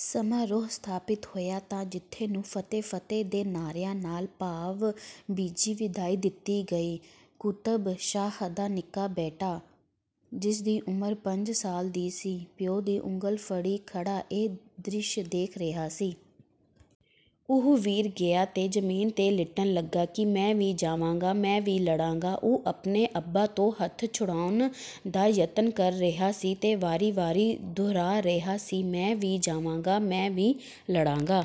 ਸਮਾਰੋਹ ਸਮਾਪਤ ਹੋਇਆ ਤਾਂ ਜੱਥੇ ਨੂੰ "ਫਤਹਿ-ਫਤਹਿ" ਦੇ ਨਾਅਰਿਆਂ ਨਾਲ ਭਾਵ-ਭਿੱਜੀ ਵਿਦਾਈ ਦਿੱਤੀ ਗਈ। ਕੁਤਬ ਸ਼ਾਹ ਦਾ ਨਿੱਕਾ ਬੇਟਾ, ਜਿਸਦੀ ਉਮਰ ਪੰਜ ਸਾਲ ਦੀ ਸੀ, ਪਿਓ ਦੀ ਉਂਗਲ ਫੜੀ ਖੜ੍ਹਾ ਇਹ ਦ੍ਰਿਸ਼ ਦੇਖ ਰਿਹਾ ਸੀ। ਉਹ ਵੀਰ ਗਿਆ ਤੇ ਜਮੀਨ ਤੇ ਲਿੱਟਣ ਲੱਗਾ ਕਿ "ਮੈਂ ਵੀ ਜਾਵਾਂਗਾ, ਮੈਂ ਵੀ ਲੜਾਂਗਾ।" ਉਹ ਆਪਣੇ ਅੱਬਾ ਤੋਂ ਹੱਥ ਛੁਡਾਉਣ ਦਾ ਯਤਨ ਕਰ ਰਿਹਾ ਸੀ ਤੇ ਵਾਰੀ-ਵਾਰੀ ਦੁਹਰਾ ਰਿਹਾ ਸੀ, "ਮੈਂ ਵੀ ਜਾਵਾਂਗਾ, ਮੈਂ ਵੀ ਲੜਾਂਗਾ।"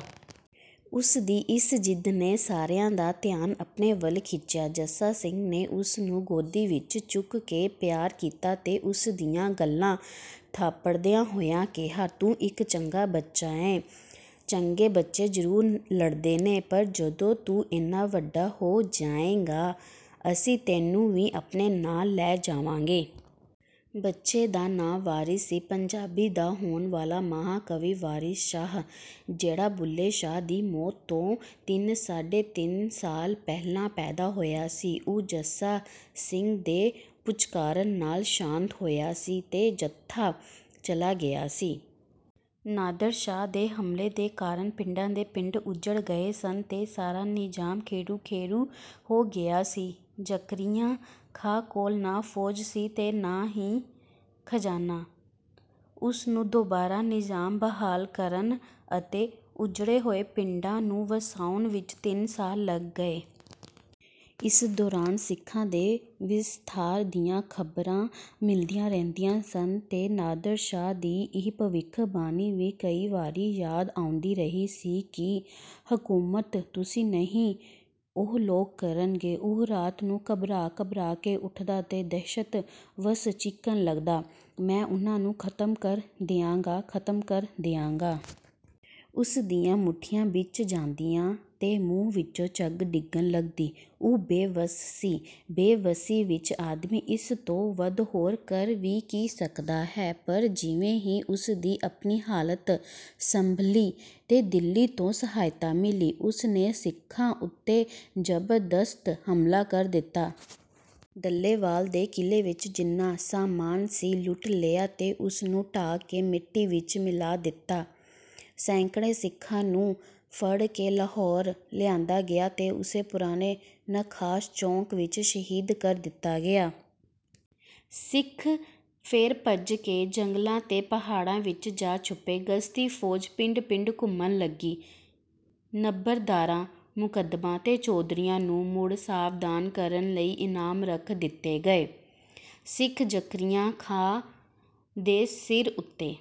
ਉਸਦੀ ਇਸ ਜਿੱਦ ਨੇ ਸਾਰਿਆਂ ਦਾ ਧਿਆਨ ਆਪਣੇ ਵੱਲ ਖਿੱਚਿਆ। ਜੱਸਾ ਸਿੰਘ ਨੇ ਉਸਨੂੰ ਗੋਦੀ ਵਿੱਚ ਚੁੱਕ ਕੇ ਪਿਆਰ ਕੀਤਾ ਤੇ ਉਸਦੀਆਂ ਗੱਲਾਂ ਥਾਪੜਦਿਆਂ ਹੋਇਆਂ ਕਿਹਾ, "ਤੂੰ ਇੱਕ ਚੰਗਾ ਬੱਚਾ ਏਂ। ਚੰਗੇ ਬੱਚੇ ਜ਼ਰੂਰ ਲੜਦੇ ਨੇ, ਪਰ ਜਦੋਂ ਤੂੰ ਇੰਨਾ ਵੱਡਾ ਹੋ ਜਾਏਂਗਾ, ਅਸੀਂ ਤੈਨੂੰ ਵੀ ਆਪਣੇ ਨਾਲ ਲੈ ਜਾਵਾਂਗੇ।" ਬੱਚੇ ਦਾ ਨਾਂ ਵਾਰਿਸ ਸੀ, ਪੰਜਾਬੀ ਦਾ ਹੋਣ ਵਾਲਾ ਮਹਾਂਕਵੀ ਵਾਰਿਸ ਸ਼ਾਹ, ਜਿਹੜਾ ਬੁੱਲ੍ਹੇ ਸ਼ਾਹ ਦੀ ਮੌਤ ਤੋਂ ਤਿੰਨ-ਸਾਢੇ ਤਿੰਨ ਸਾਲ ਪਹਿਲਾਂ ਪੈਦਾ ਹੋਇਆ ਸੀ। ਉਹ ਜੱਸਾ ਸਿੰਘ ਦੇ ਪੁਚਕਾਰਨ ਨਾਲ ਸ਼ਾਂਤ ਹੋਇਆ ਸੀ ਤੇ ਜੱਥਾ ਚਲਾ ਗਿਆ ਸੀ। ਨਾਦਰ ਸ਼ਾਹ ਦੇ ਹਮਲੇ ਦੇ ਕਾਰਨ ਪਿੰਡਾਂ ਦੇ ਪਿੰਡ ਉੱਜੜ ਗਏ ਸਨ ਤੇ ਸਾਰਾ ਨਿਜ਼ਾਮ ਖੇਰੂ-ਖੇਰੂ ਹੋ ਗਿਆ ਸੀ। ਜ਼ਕਰੀਆ ਖਾਂ ਕੋਲ ਨਾ ਫੌਜ ਸੀ ਤੇ ਨਾ ਹੀ ਖਜਾਨਾ। ਉਸਨੂੰ ਦੁਬਾਰਾ ਨਿਜ਼ਾਮ ਬਹਾਲ ਕਰਨ ਅਤੇ ਉੱਜੜੇ ਹੋਏ ਪਿੰਡਾਂ ਨੂੰ ਵਸਾਉਣ ਵਿੱਚ ਤਿੰਨ ਸਾਲ ਲੱਗ ਗਏ। ਇਸ ਦੌਰਾਨ ਸਿੱਖਾਂ ਦੇ ਵਿਸਥਾਰ ਦੀਆਂ ਖ਼ਬਰਾਂ ਮਿਲਦੀਆਂ ਰਹਿੰਦੀਆਂ ਸਨ ਤੇ ਨਾਦਰ ਸ਼ਾਹ ਦੀ ਇਹ ਭਵਿੱਖਬਾਣੀ ਵੀ ਕਈ ਵਾਰੀ ਯਾਦ ਆਉਂਦੀ ਰਹੀ ਸੀ ਕਿ "ਹਕੂਮਤ ਤੁਸੀਂ ਨਹੀਂ, ਉਹ ਲੋਕ ਕਰਨਗੇ।" ਉਹ ਰਾਤ ਨੂੰ ਘਬਰਾ-ਘਬਰਾ ਕੇ ਉੱਠਦਾ ਤੇ ਦਹਿਸ਼ਤ ਵੱਸ ਚੀਕਣ ਲੱਗਦਾ, "ਮੈਂ ਉਹਨਾਂ ਨੂੰ ਖ਼ਤਮ ਕਰ ਦਿਆਂਗਾ, ਖ਼ਤਮ ਕਰ ਦਿਆਂਗਾ।" ਉਸਦੀਆਂ ਮੁੱਠੀਆਂ ਭਿੰਚ ਜਾਂਦੀਆਂ ਤੇ ਮੂੰਹ ਵਿੱਚੋਂ ਝੱਗ ਡਿੱਗਣ ਲੱਗਦੀ। ਉਹ ਬੇਵੱਸ ਸੀ। ਬੇਵੱਸੀ ਵਿੱਚ ਆਦਮੀ ਇਸ ਤੋਂ ਵੱਧ ਹੋਰ ਕਰ ਵੀ ਕੀ ਸਕਦਾ ਹੈ? ਪਰ ਜਿਵੇਂ ਹੀ ਉਸਦੀ ਆਪਣੀ ਹਾਲਤ ਸੰਭਲੀ ਤੇ ਦਿੱਲੀ ਤੋਂ ਸਹਾਇਤਾ ਮਿਲੀ, ਉਸਨੇ ਸਿੱਖਾਂ ਉੱਤੇ ਜ਼ਬਰਦਸਤ ਹਮਲਾ ਕਰ ਦਿੱਤਾ। ਡੱਲੇਵਾਲ ਦੇ ਕਿਲੇ ਵਿੱਚ ਜਿੰਨਾ ਸਾਮਾਨ ਸੀ, ਲੁੱਟ ਲਿਆ ਤੇ ਉਸਨੂੰ ਢਾਹ ਕੇ ਮਿੱਟੀ ਵਿੱਚ ਮਿਲਾ ਦਿੱਤਾ। ਸੈਂਕੜੇ ਸਿੱਖਾਂ ਨੂੰ ਫੜ ਕੇ ਲਾਹੌਰ ਲਿਆਂਦਾ ਗਿਆ ਤੇ ਉਸੇ ਪੁਰਾਣੇ ਨਖਾਸ ਚੌਂਕ ਵਿੱਚ ਸ਼ਹੀਦ ਕਰ ਦਿੱਤਾ ਗਿਆ। ਸਿੱਖ ਫੇਰ ਭੱਜ ਕੇ ਜੰਗਲਾਂ ਤੇ ਪਹਾੜਾਂ ਵਿੱਚ ਜਾ ਛੁਪੇ। ਗਸ਼ਤੀ-ਫੌਜ ਪਿੰਡ-ਪਿੰਡ ਘੁੰਮਣ ਲੱਗੀ। ਨੰਬਰਦਾਰਾਂ, ਮੁਕੱਦਮਾਂ ਤੇ ਚੌਧਰੀਆਂ ਨੂੰ ਮੁੜ ਸਾਵਧਾਨ ਕਰਨ ਲਈ ਇਨਾਮ ਰੱਖ ਦਿੱਤੇ ਗਏ। ਸਿੱਖ ਜ਼ਕਰੀਆ ਖਾਂ ਦੇ ਸਿਰ ਉੱਤੇ